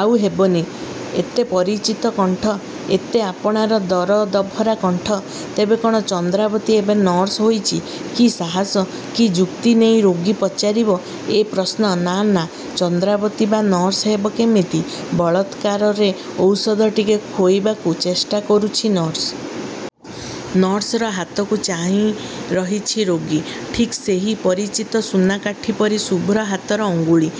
ଆଉ ହେବନି ଏତେ ପରିଚିତ କଣ୍ଠ, ଏତେ ଆପଣାର ଦରଦଭରା କଣ୍ଠ। ତେବେ କ'ଣ ଚନ୍ଦ୍ରାବତୀ ଏବେ ନର୍ସ ହୋଇଛି? କି ସାହସ, କି ଯୁକ୍ତି ନେଇ ରୋଗୀ ପଚାରିବ ଏ ପ୍ରଶ୍ନ?“ନାଁ ନାଁ, ଚନ୍ଦ୍ରାବତୀ ବା ନର୍ସ ହେବ କେମିତି?”ବଳାତ୍କାରରେ ଔଷଧ ଟିକେ ଖୋଇବାକୁ ଚେଷ୍ଟା କରୁଛି ନର୍ସ। ନର୍ସର ହାତକୁ ଚାହିଁ ରହିଛି ରୋଗୀ। ଠିକ୍ ସେହି ପରିଚିତ ସୁନାକାଠି ପରି ଶୁଭ୍ର ହାତର ଅଙ୍ଗୁଳି।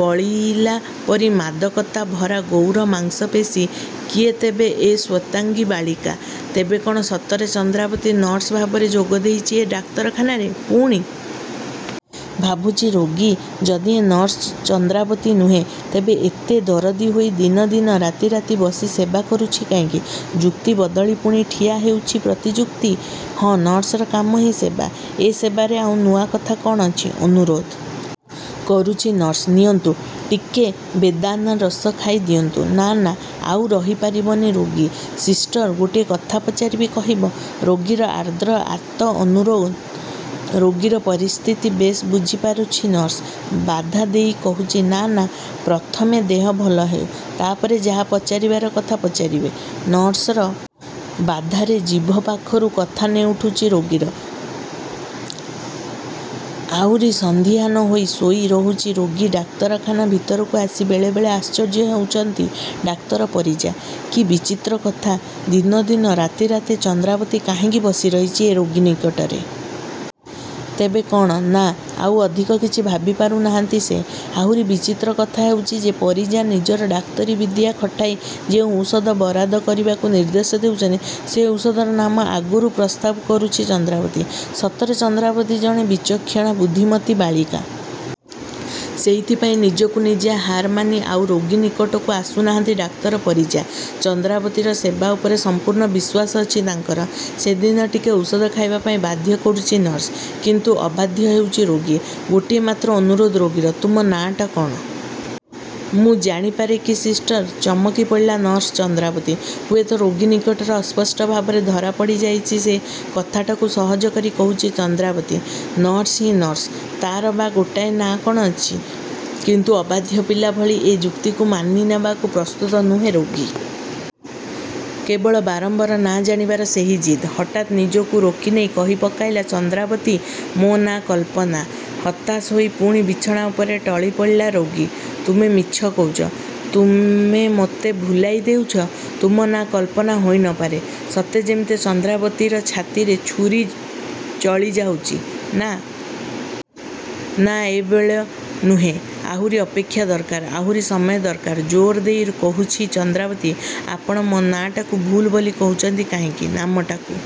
ବଳିଲା ପରି ମାଦକତା ଭରା ଗୌର ମାଂସପେଶୀ। କିଏ ତେବେ ଏ ଶ୍ୱେତାଙ୍ଗୀ ବାଳିକା? ତେବେ କ'ଣ ସତରେ ଚନ୍ଦ୍ରାବତୀ ନର୍ସ ଭାବରେ ଯୋଗଦେଇଛି ଏ ଡାକ୍ତରଖାନାରେ? ପୁଣି ଭାବୁଛି ରୋଗୀ। ଯଦି ଏ ନର୍ସ ଚନ୍ଦ୍ରାବତୀ ନୁହେଁ, ତେବେ ଏତେ ଦରଦୀ ହୋଇ ଦିନ ଦିନ, ରାତି ରାତି ବସି ସେବା କରୁଛି କାହିଁକି? ଯୁକ୍ତି ବଦଳି ପୁଣି ଠିଆ ହେଉଛି ପ୍ରତିଯୁକ୍ତି। ହଁ, ନର୍ସର କାମ ହିଁ ସେବା। ଏ ସେବାରେ ଆଉ ନୂଆ କଥା କ'ଣ ଅଛି? ଅନୁରୋଧ କରୁଛି ନର୍ସ, “ନିଅନ୍ତୁ, ଟିକେ ବେଦାନା ରସ ଖାଇ ଦିଅନ୍ତୁ।”“ନାଁ ନାଁ, ଆଉ ରହିପାରିବନି ରୋଗୀ।”“ସିଷ୍ଟର? ଗୋଟିଏ କଥା ପଚାରିବି, କହିବ?”ରୋଗୀର ଆର୍ଦ୍ର, ଆର୍ତ୍ତ ଅନୁରୋଧ। ରୋଗୀର ପରିସ୍ଥିତି ବେଶ୍ ବୁଝିପାରୁଛି ନର୍ସ। ବାଧା ଦେଇ କହୁଛି, “ନାଁ ନାଁ, ପ୍ରଥମେ ଦେହ ଭଲ ହେଉ, ତା'ପରେ ଯାହା ପଚାରିବାର କଥା ପଚାରିବେ।”ନର୍ସର ବାଧାରେ ଜିଭ ପାଖରୁ କଥା ନେଉଟୁଛି ରୋଗୀର। ଆହୁରି ସନ୍ଦିହାନ ହୋଇ ଶୋଇ ରହୁଛି ରୋଗୀ। ଡାକ୍ତରଖାନା ଭିତରକୁ ଆସି ବେଳେ ବେଳେ ଆଶ୍ଚର୍ଯ୍ୟ ହେଉଛନ୍ତି ଡାକ୍ତର ପରିଜା। କି ବିଚିତ୍ର କଥା! ଦିନ ଦିନ, ରାତି ରାତି ଚନ୍ଦ୍ରାବତୀ କାହିଁକି ବସି ରହିଛି ଏ ରୋଗୀ ନିକଟରେ? ତେବେ କ'ଣ? ନାଁ, ଆଉ ଅଧିକ କିଛି ଭାବିପାରୁ ନାହାଁନ୍ତି ସେ। ଆହୁରି ବିଚିତ୍ର କଥା ହେଉଛି ଯେ, ପରିଜା ନିଜର ଡାକ୍ତରୀ ବିଦ୍ୟା ଖଟାଇ ଯେଉଁ ଔଷଧ ବରାଦ କରିବାକୁ ନିର୍ଦ୍ଦେଶ ଦେଉଛନ୍ତି, ସେ ଔଷଧର ନାମ ଆଗରୁ ପ୍ରସ୍ତାବ କରୁଛି ଚନ୍ଦ୍ରାବତୀ। ସତରେ ଚନ୍ଦ୍ରାବତୀ ଜଣେ ବିଚକ୍ଷଣା, ବୁଦ୍ଧିମତୀ ବାଳିକା। ସେଇଥିପାଇଁ ନିଜକୁ ନିଜେ ହାରମାନି ଆଉ ରୋଗୀ ନିକଟକୁ ଆସୁ ନାହାଁନ୍ତି ଡାକ୍ତର ପରିଜା। ଚନ୍ଦ୍ରାବତୀର ସେବା ଉପରେ ସମ୍ପୂର୍ଣ୍ଣ ବିଶ୍ୱାସ ଅଛି ତାଙ୍କର। ସେଦିନ ଟିକେ ଔଷଧ ଖାଇବାପାଇଁ ବାଧ୍ୟ କରୁଛି ନର୍ସ। କିନ୍ତୁ ଅବାଧ୍ୟ ହେଉଛି ରୋଗୀ। ଗୋଟିଏ ମାତ୍ର ଅନୁରୋଧ ରୋଗୀର।“ତୁମ ନାଁଟା କ'ଣ? ମୁଁ ଜାଣିପାରେ କି, ସିଷ୍ଟର?”ଚମକି ପଡ଼ିଲା ନର୍ସ ଚନ୍ଦ୍ରାବତୀ। ହୁଏତ ରୋଗୀ ନିକଟରେ ଅସ୍ପଷ୍ଟ ଭାବରେ ଧରାପଡ଼ି ଯାଇଛି ସେ। କଥାଟାକୁ ସହଜ କରି କହୁଛି ଚନ୍ଦ୍ରାବତୀ।“ନର୍ସ ହିଁ ନର୍ସ। ତା'ର ବା ଗୋଟାଏ ନାଁ କ'ଣ ଅଛି?”କିନ୍ତୁ ଅବାଧ୍ୟ ପିଲା ଭଳି ଏ ଯୁକ୍ତିକୁ ମାନିନେବାକୁ ପ୍ରସ୍ତୁତ ନୁହେଁ ରୋଗୀ। କେବଳ ବାରମ୍ବାର ନାଁ ଜାଣିବାର ସେହି ଜିଦ୍। ହଠାତ୍ ନିଜକୁ ରୋକିନେଇ କହି ପକାଇଲା ଚନ୍ଦ୍ରାବତୀ, “ମୋ ନାଁ କଳ୍ପନା।”ହତାଶ ହୋଇ ପୁଣି ବିଛଣା ଉପରେ ଟଳିପଡ଼ିଲା ରୋଗୀ।“ତୁମେ ମିଛ କହୁଛ। ତୁମେ ମୋତେ ଭୁଲାଇ ଦେଉଛ। ତୁମ ନାଁ କଳ୍ପନା ହୋଇ ନ ପାରେ।”ସତେ ଯେମିତି ଚନ୍ଦ୍ରାବତୀର ଛାତିରେ ଛୁରୀ ଚଳି ଯାଉଛି। ନାଁ ନାଁ, ଏ ବେଳ ନୁହେଁ। ଆହୁରି ଅପେକ୍ଷା ଦରକାର, ଆହୁରି ସମୟ ଦରକାର। ଜୋର ଦେଇ କହୁଛି ଚନ୍ଦ୍ରାବତୀ, “ଆପଣ ମୋ ନାଁଟାକୁ ଭୁଲ୍ ବୋଲି କହୁଛନ୍ତି କାହିଁକି?”ନାମଟାକୁ.